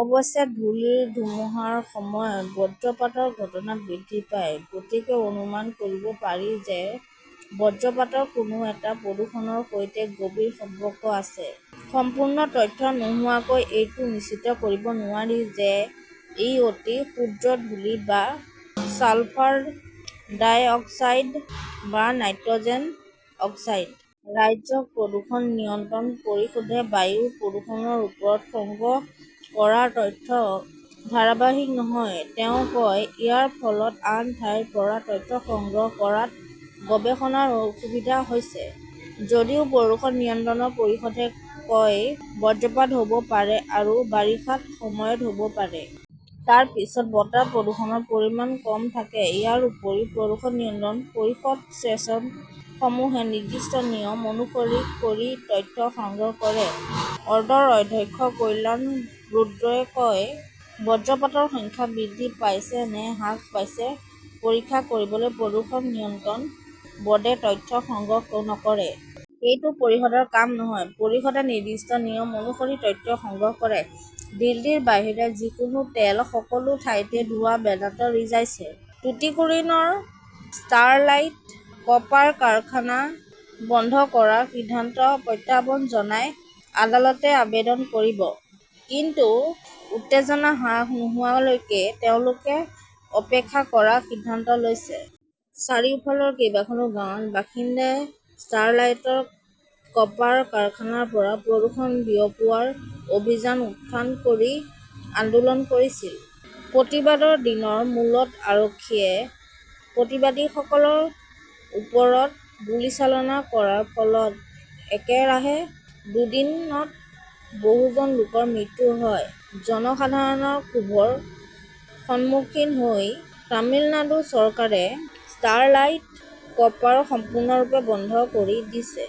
অৱশ্যে ধূলিৰ ধুমুহাৰ সময়ত বজ্ৰপাতৰ ঘটনা বৃদ্ধি পায়। গতিকে অনুমান কৰিব পাৰি যে, বজ্ৰপাতৰ কোনো এটা প্ৰদূষকৰ সৈতে গভীৰ সম্পৰ্ক আছে। সম্পূৰ্ণ তথ্য নোহোৱাকৈ এইটো নিশ্চিত কৰিব নোৱাৰি যে, ই অতি সূক্ষ্ম ধূলি বা ছালফাৰ-ডাই-অক্সাইড বা নাইট্ৰছ অক্সাইড। "ৰাজ্যিক প্ৰদূষণ নিয়ন্ত্ৰণ পৰিষদে বায়ু প্ৰদূষণৰ ওপৰত সংগ্ৰহ কৰা তথ্য ধাৰাবাহিক নহয়", তেওঁ কয়। ইয়াৰ ফলত আন ঠাইৰ পৰা তথ্য সংগ্ৰহ কৰাত গৱেষণাৰ অসুবিধা হৈছে। "যদিও প্ৰদূষণ নিয়ন্ত্ৰণ পৰিষদে কয়, বজ্ৰপাত হব পাৰে আৰু বাৰিষাৰ সময়ত হব পাৰে। তাৰ পিছত বতাহত প্ৰদূষণৰ পৰিমাণো কম থাকে। ইয়াৰ উপৰিও, প্ৰদূষণ নিয়ন্ত্ৰণ পৰিষদৰ ষ্টেচনসমূহে নিৰ্দিষ্ট নিয়ম অনুসৰণ কৰি তথ্য সংগ্ৰহ কৰে। বৰ্ডৰ অধ্যক্ষ কল্যাণ ৰুদ্ৰই কয়, "বজ্ৰপাতৰ সংখ্যা বৃদ্ধি পাইছে নে হ্ৰাস পাইছে পৰীক্ষা কৰিবলৈ প্ৰদূষণ নিয়ন্ত্ৰণ বৰ্ডে তথ্য সংগ্ৰহ নকৰে। সেইটো পৰিষদৰ কাম নহয়। পৰিষদে নিৰ্দিষ্ট নিয়ম অনুসৰি তথ্য সংগ্ৰহ কৰে"। দিল্লীৰ বাহিৰে যিকোনো তেল, সকলো ঠাইতে ধোঁৱা বেদান্ত ৰিজাৰ্ছে টুটিকোৰিনৰ ষ্টাৰলাইট কপাৰ কাৰখানা বন্ধ কৰাৰ সিদ্ধান্তক প্ৰত্যাহ্বান জনাই আদালতত আবেদন কৰিব। কিন্তু উত্তেজনা হ্ৰাস নোহোৱালৈকে তেওঁলোকে অপেক্ষা কৰাৰ সিদ্ধান্ত লৈছে। চাৰিওফালৰ কেইবাখনো গাঁৱৰ বাসিন্দাই ষ্টাৰলাইট কপাৰ কাৰখানাৰ পৰা প্ৰদূষণ বিয়পোৱাৰ অভিযোগ উত্থাপন কৰি আন্দোলন কৰিছিল। প্ৰতিবাদৰ দিনৰ মূৰত আৰক্ষীয়ে প্ৰতিবাদকাৰীসকলৰ ওপৰত গুলীচালনা কৰাৰ ফলত একেৰাহে দুদিনত বহুজন লোকৰ মৃত্যু হয়। জনসাধাৰণৰ ক্ষোভৰ সন্মুখীন হৈ তামিলনাডু চৰকাৰে ষ্টাৰলাইট কপাৰ সম্পূৰ্ণৰূপে বন্ধ কৰি দিছে।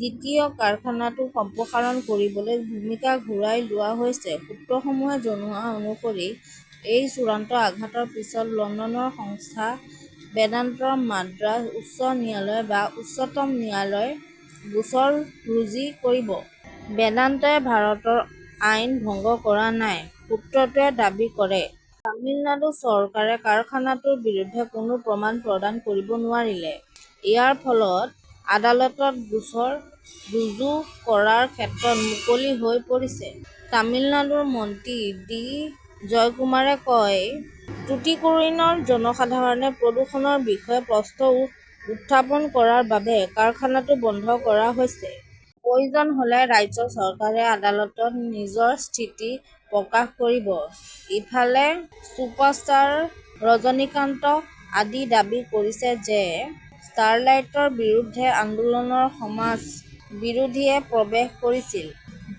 দ্বিতীয় কাৰখানাটো সম্প্ৰসাৰণ কৰিবলৈ ভূমিও ঘূৰাই লোৱা হৈছে। সূত্ৰসমূহে জনোৱা অনুসৰি এই চূড়ান্ত আঘাতৰ পিছত লণ্ডনৰ সংস্থা বেদান্তই মাদ্ৰাজ উচ্চ ন্যায়ালয় বা উচ্চতম ন্যায়ালয়ত গোচৰ ৰুজু কৰিব। "বেদান্তই ভাৰতৰ আইন ভংগ কৰা নাই", সূত্ৰটোৱে দাবী কৰে। তামিলনাডু চৰকাৰে কাৰখানাটোৰ বিৰুদ্ধে কোনো প্ৰমাণ প্ৰদান কৰিব নোৱাৰিলে। ইয়াৰ ফলত আদালতত গোচৰ ৰুজু কৰাৰ ক্ষেত্ৰ মুকলি হৈ পৰিছে। তামিলনাডুৰ মন্ত্ৰী ডি জয়কুমাৰে কয়, "টুটিকোৰিনৰ জনসাধাৰণে প্ৰদূষণৰ বিষয়ে প্ৰশ্ন উত্থাপন কৰাৰ বাবে কাৰখানাটো বন্ধ কৰা হৈছে। প্ৰয়োজন হলে, ৰাজ্য চৰকাৰে আদালতত নিজৰ স্থিতি প্ৰকাশ কৰিব"। ইফালে ছুপাৰষ্টাৰ ৰজনীকান্তে আজি দাবী কৰিছে যে, ষ্টাৰলাইট বিৰোধী আন্দোলনত সমাজ বিৰোধীয়ে প্ৰৱেশ কৰিছিল।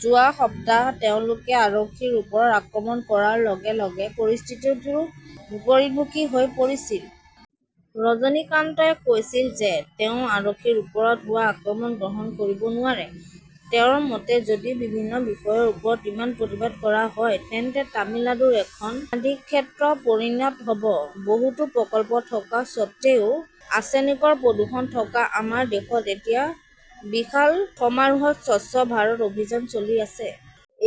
যোৱা সপ্তাহত তেওঁলোকে আৰক্ষীৰ ওপৰত আক্ৰমণ কৰাৰ লগে লগে পৰিস্থিতিটো বিপৰীতমুখী হৈ পৰিছিল। ৰজনীকান্তে কৈছিল যে, তেওঁ আৰক্ষীৰ ওপৰত হোৱা আক্ৰমণ গ্ৰহণ কৰিব নোৱাৰে। তেওঁৰ মতে, যদি বিভিন্ন বিষয়ৰ ওপৰত ইমান প্ৰতিবাদ কৰা হয়, তেন্তে তামিলনাডু এখন সমাধিক্ষেত্ৰত পৰিণত হব। বহুতো প্ৰকল্প থকা সত্ত্বেও আৰ্ছেনিকৰ প্ৰদূষণ থকা আমাৰ দেশত এতিয়া বিশাল সমাৰোহত স্বচ্ছ ভাৰত অভিযান চলি আছে।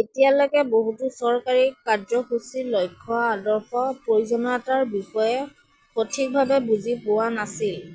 এতিয়ালৈকে বহুতে চৰকাৰী কাৰ্যসূচীৰ লক্ষ্য, আদৰ্শ, প্ৰয়োজনীয়তাৰ বিষয়ে সঠিকভাৱে বুজি পোৱা নাছিল।